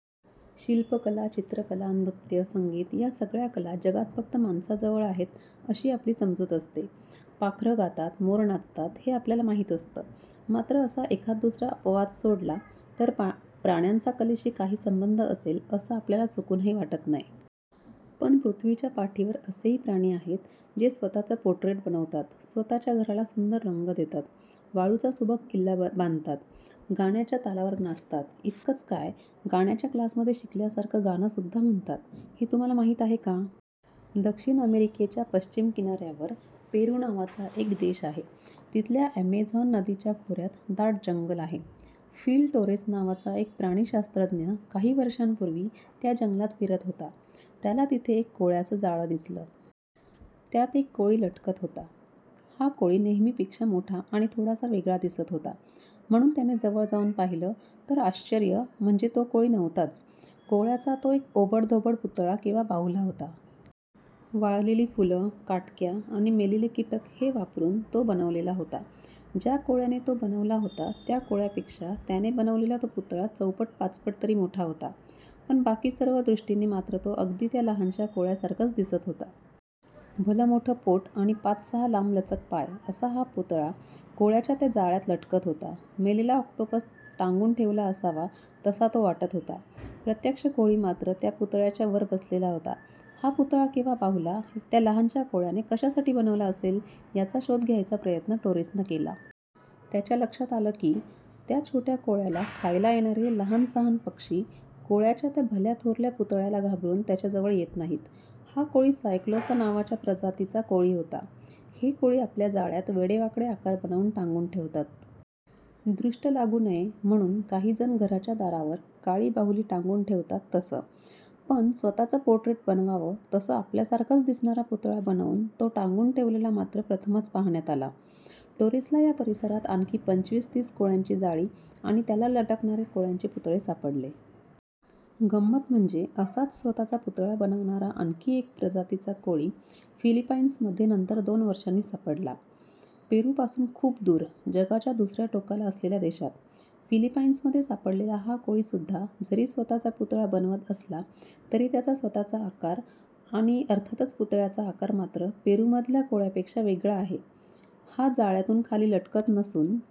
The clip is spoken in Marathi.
शिल्पकला, चित्रकला, नृत्य, संगीत या सगळ्या कला जगात फक्त माणसाजवळ आहेत अशी आपली समजूत असते. पाखरं गातात, मोर नाचतात हे आपल्याला माहीत असतं. मात्र असा एखाददुसरा अपवाद सोडला तर प्राण्यांचा कलेशी काही संबंध असेल असं आपल्याला चुकूनही वाटत नाही. पण पृथ्वीच्या पाठीवर असेही प्राणी आहेत, जे स्वतःचं पोर्ट्रेट बनवतात, स्वतःच्या घराला सुंदर रंग देतात, वाळूचा सुबक किल्ला बांधतात, गाण्याच्या तालावर नाचतात, इतकंच काय, गाण्याच्या क्लासमध्ये शिकल्यासारखं गाणंसुद्धा म्हणतात, हे तुम्हांला माहीत आहे का? दक्षिण अमेरिकेच्या पश्चिम किनाऱ्यावर पेरू नावाचा एक देश आहे. तिथल्या अॅमेझॉन नदीच्या खोऱ्यात दाट जंगल आहे. फिल टोरेस नावाचा एक प्राणिशास्त्रज्ञ काही वर्षांपूर्वी त्या जंगलात फिरत होता. त्याला तिथे एक कोळ्याचं जाळं दिसलं. त्यात एक कोळी लटकत होता. हा कोळी नेहमीपेक्षा मोठा आणि थोडासा वेगळा दिसत होता, म्हणून त्याने जवळ जाऊन पाहिलं तर आश्चर्य म्हणजे तो कोळी नव्हताच. कोळ्याचा तो एक ओबडधोबड पुतळा किंवा बाहुला होता. वाळलेली फुलं, काटक्या आणि मेलेले कीटक हे वापरून तो बनवलेला होता. ज्या कोळ्याने तो बनवला होता, त्या कोळ्यापेक्षा त्याने बनवलेला तो पुतळा चौपट-पाचपट तरी मोठा होता. पण बाकी सर्व दृष्टींनी मात्र तो अगदी त्या लहानशा कोळ्यासारखाच दिसत होता. भलंमोठं पोट आणि पाचसहा लांबलचक पाय, असा हा पुतळा कोळ्याच्या त्या जाळ्यात लटकत होता. मेलेला ऑक्टोपस टांगून ठेवला असावा, तसा तो वाटत होता. प्रत्यक्ष कोळी मात्र त्या पुतळ्याच्या वर बसलेला होता. हा पुतळा किंवा बाहुला त्या लहानशा कोळ्याने कशासाठी बनवला असेल याचा शोध घ्यायचा प्रयत्न टोरेसनं केला. त्याच्या लक्षात आलं की, त्या छोट्या कोळ्याला खायला येणारे लहान-सहान पक्षी कोळ्याच्या या भल्याथोरल्या पुतळ्याला घाबरून त्याच्याजवळ येत नाहीत. हा कोळी सायक्लोसा नावाच्या प्रजातीचा कोळी होता. हे कोळी आपल्या जाळ्यात वेडेवाकडे आकार बनवून टांगून ठेवतात. दृष्ट लागू नये म्हणून काहीजण घराच्या दारावर काळी बाहुली टांगून ठेवतात, तसं! पण स्वतःचं पोर्ट्रेट बनवावं तसं आपल्यासारखाच दिसणारा पुतळा बनवून तो टांगून ठेवलेला मात्र प्रथमच पाहण्यात आला. टोरेसला या परिसरात आणखी पंचवीस-तीस कोळ्यांची जाळी आणि त्याला लटकणारे कोळ्यांचे पुतळे सापडले. गंमत म्हणजे असाच स्वतःचा पुतळा बनवणारा आणखी एका प्रजातीचा कोळी फिलिपाइन्समध्ये नंतर दोन वर्षांनी सापडला. पेरूपासून खूप दूर, जगाच्या दुसर्या टोकाला असलेल्या देशात. फिलिपाइन्समध्ये सापडलेला हा कोळीसुद्धा जरी स्वतःचा पुतळा बनवत असला तरी त्याचा स्वतःचा आकार आणि अर्थातच पुतळ्याचा आकार मात्र पेरूमधल्या कोळ्यापेक्षा वेगळा आहे. हा जाळ्यातून खाली लटकत नसून